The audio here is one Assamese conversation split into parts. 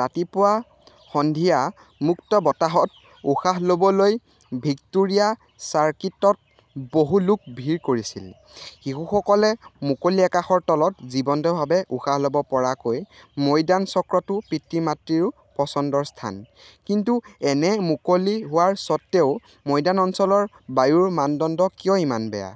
ৰাতিপুৱা-সন্ধিয়া মুক্ত বতাহত উশাহ ল "বলৈ ভিক্টোৰিয়া চাৰ্কিটত বহু লোক ভিৰ কৰিছিল। শিশুসকলে মুকলি আকাশৰ তলত জীৱন্তভাৱে উশাহ ল "ব পৰাকৈ ময়দান চক্ৰটো পিতৃ-মাতৃৰো পচন্দৰ স্থান। কিন্তু এনে মুকলি হোৱাৰ স্বত্ত্বেও ময়দান অঞ্চলৰ বায়ুৰ মানদণ্ড কিয় ইমান বেয়া?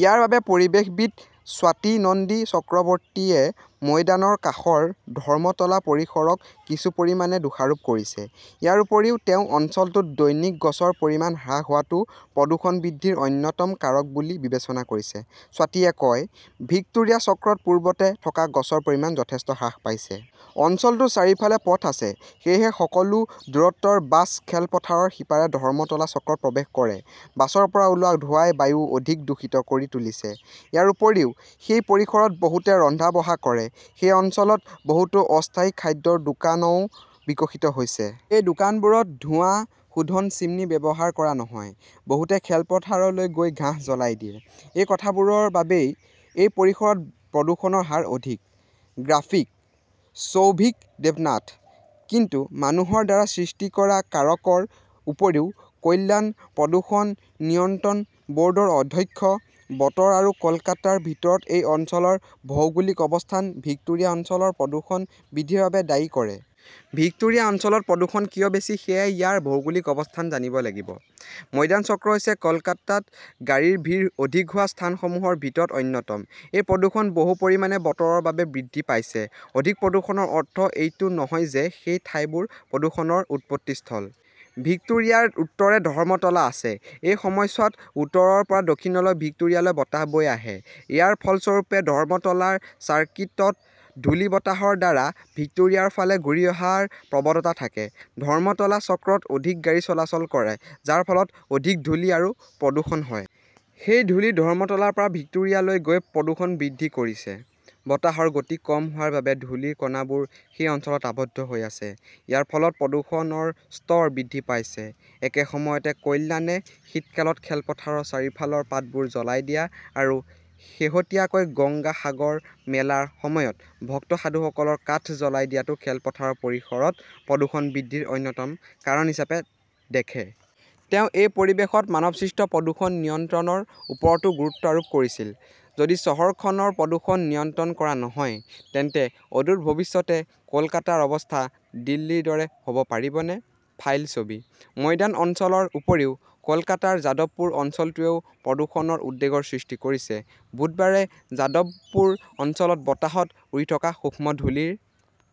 ইয়াৰ বাবে পৰিৱেশবিদ স্বাতী নন্দী চক্ৰৱৰ্তীয়ে ময়দানৰ কাষৰ ধৰ্মতলা পৰিসৰক কিছু পৰিমাণে দোষাৰোপ কৰিছে। ইয়াৰ উপৰিও, তেওঁ অঞ্চলটোত দৈনিক গছৰ পৰিমাণ হ্ৰাস হোৱাটো প্ৰদূষণ বৃদ্ধিৰ অন্যতম কাৰক বুলি বিবেচনা কৰে। স্বাতীয়ে কয়, "ভিক্টোৰিয়া চক্ৰত পূৰ্বতে থকা গছৰ পৰিমাণ যথেষ্ট হ্ৰাস পাইছে। অঞ্চলটোৰ চাৰিওফালে পথ আছে। সেয়েহে, সকলো দূৰত্বৰ বাছ খেলপথাৰৰ সিপাৰে ধৰ্মতলা চক্ৰত প্ৰৱেশ কৰে। বাছৰ পৰা ওলোৱা ধোঁৱাই বায়ু অধিক দূষিত কৰি তুলিছে। ইয়াৰ উপৰিও, সেই পৰিসৰত বহুতে ৰন্ধা-বঢ়া কৰে। এই অঞ্চলত বহুতো অস্থায়ী খাদ্যৰ দোকানও বিকশিত হৈছে। সেই দোকানবোৰত ধোঁৱা শোধন চিমনী ব্যৱহাৰ কৰা নহয়। বহুতে খেলপথাৰলৈ গৈ ঘাঁহ জ্বলাই দিয়ে। এই সকলোবোৰৰ বাবেই এই পৰিসৰত প্ৰদূষণৰ হাৰ অধিক। "গ্ৰাফিকঃ শ্বৌভিক দেৱনাথ। কিন্তু মানুহৰ দ্বাৰা সৃষ্টি কৰা কাৰকৰ উপৰিও, কল্যাণ, প্ৰদূষণ নিয়ন্ত্ৰণ ব "ৰ্ডৰ অধ্যক্ষ, বতৰ আৰু কলকাতাৰ ভিতৰত এই অঞ্চলৰ ভৌগোলিক অৱস্থানক ভিক্টোৰিয়া অঞ্চলৰ প্ৰদূষণ বৃদ্ধিৰ বাবে দায়ী কৰে। "ভিক্টোৰিয়া অঞ্চলত প্ৰদূষণ কিয় বেছি সেয়া ইয়াৰ ভৌগোলিক অৱস্থান জানিব লাগিব। ময়দান চক্ৰ হৈছে কলকাতাত গাড়ীৰ ভিৰ অধিক হোৱা স্থানসমূহৰ ভিতৰত অন্যতম। এই প্ৰদূষণ বহু পৰিমাণে বতৰৰ বাবে বৃদ্ধি পাইছে। অধিক প্ৰদূষণৰ অৰ্থ এইটো নহয় যে সেই ঠাইবোৰ প্ৰদূষণৰ উৎপত্তিস্থল। ভিক্টোৰিয়াৰ উত্তৰে ধৰ্মতলা আছে। এই সময়ছোৱাত উত্তৰৰ পৰা দক্ষিণলৈ ভিক্টোৰিয়ালৈ বতাহ বৈ আছে। ইয়াৰ ফলস্বৰূপে ধৰ্মতলাৰ চাৰ্কিটত ধূলি বতাহৰ দ্বাৰা ভিক্টোৰিয়াৰ ফালে ঘূৰি অহাৰ প্ৰৱণতা থাকে। ধৰ্মতলা চক্ৰত অধিক গাড়ী চলাচল কৰে, যাৰ ফলত অধিক ধূলি আৰু প্ৰদূষণ হয়। সেই ধূলি ধৰ্মতলাৰ পৰা ভিক্টোৰিয়ালৈ গৈ প্ৰদূষণ বৃদ্ধি কৰিছে। বতাহৰ গতি কম হোৱাৰ বাবে ধূলিৰ কণাবোৰ সেই অঞ্চলত আবদ্ধ হৈ আছে। ইয়াৰ ফলত প্ৰদূষণৰ স্তৰ বৃদ্ধি পাইছে। "একে সময়তে, কল্যাণে শীতকালত খেলপথাৰৰ চাৰিওফালৰ পাতবোৰ জ্বলাই দিয়া আৰু শেহতীয়াকৈ গংগা সাগৰ মেলাৰ সময়ত ভক্ত সাধুসকলৰ কাঠ জ্বলাই দিয়াটো খেলপথাৰৰ পৰিসৰত প্ৰদূষণ বৃদ্ধিৰ অন্যতম কাৰণ হিচাপে দেখে। তেওঁ এই পৰিৱেশত মানৱসৃষ্ট প্ৰদূষণ নিয়ন্ত্ৰণৰ ওপৰতো গুৰুত্ব আৰোপ কৰিছিল। যদি চহৰখনৰ প্ৰদূষণ নিয়ন্ত্ৰণ কৰা নহয় তেন্তে অদূৰ ভৱিষ্যতে কলকাতাৰ অৱস্থা দিল্লীৰ দৰে হ "ব পাৰিবনে? ফাইল ছবি। ময়দান অঞ্চলৰ উপৰিও কলকাতাৰ যাদৱপুৰ অঞ্চলটোৱেও প্ৰদূষণৰ উদ্বেগৰ সৃষ্টি কৰিছে। বুধবাৰে যাদৱপুৰ অঞ্চলত বতাহত উৰি থকা সূক্ষ্ম ধূলিৰ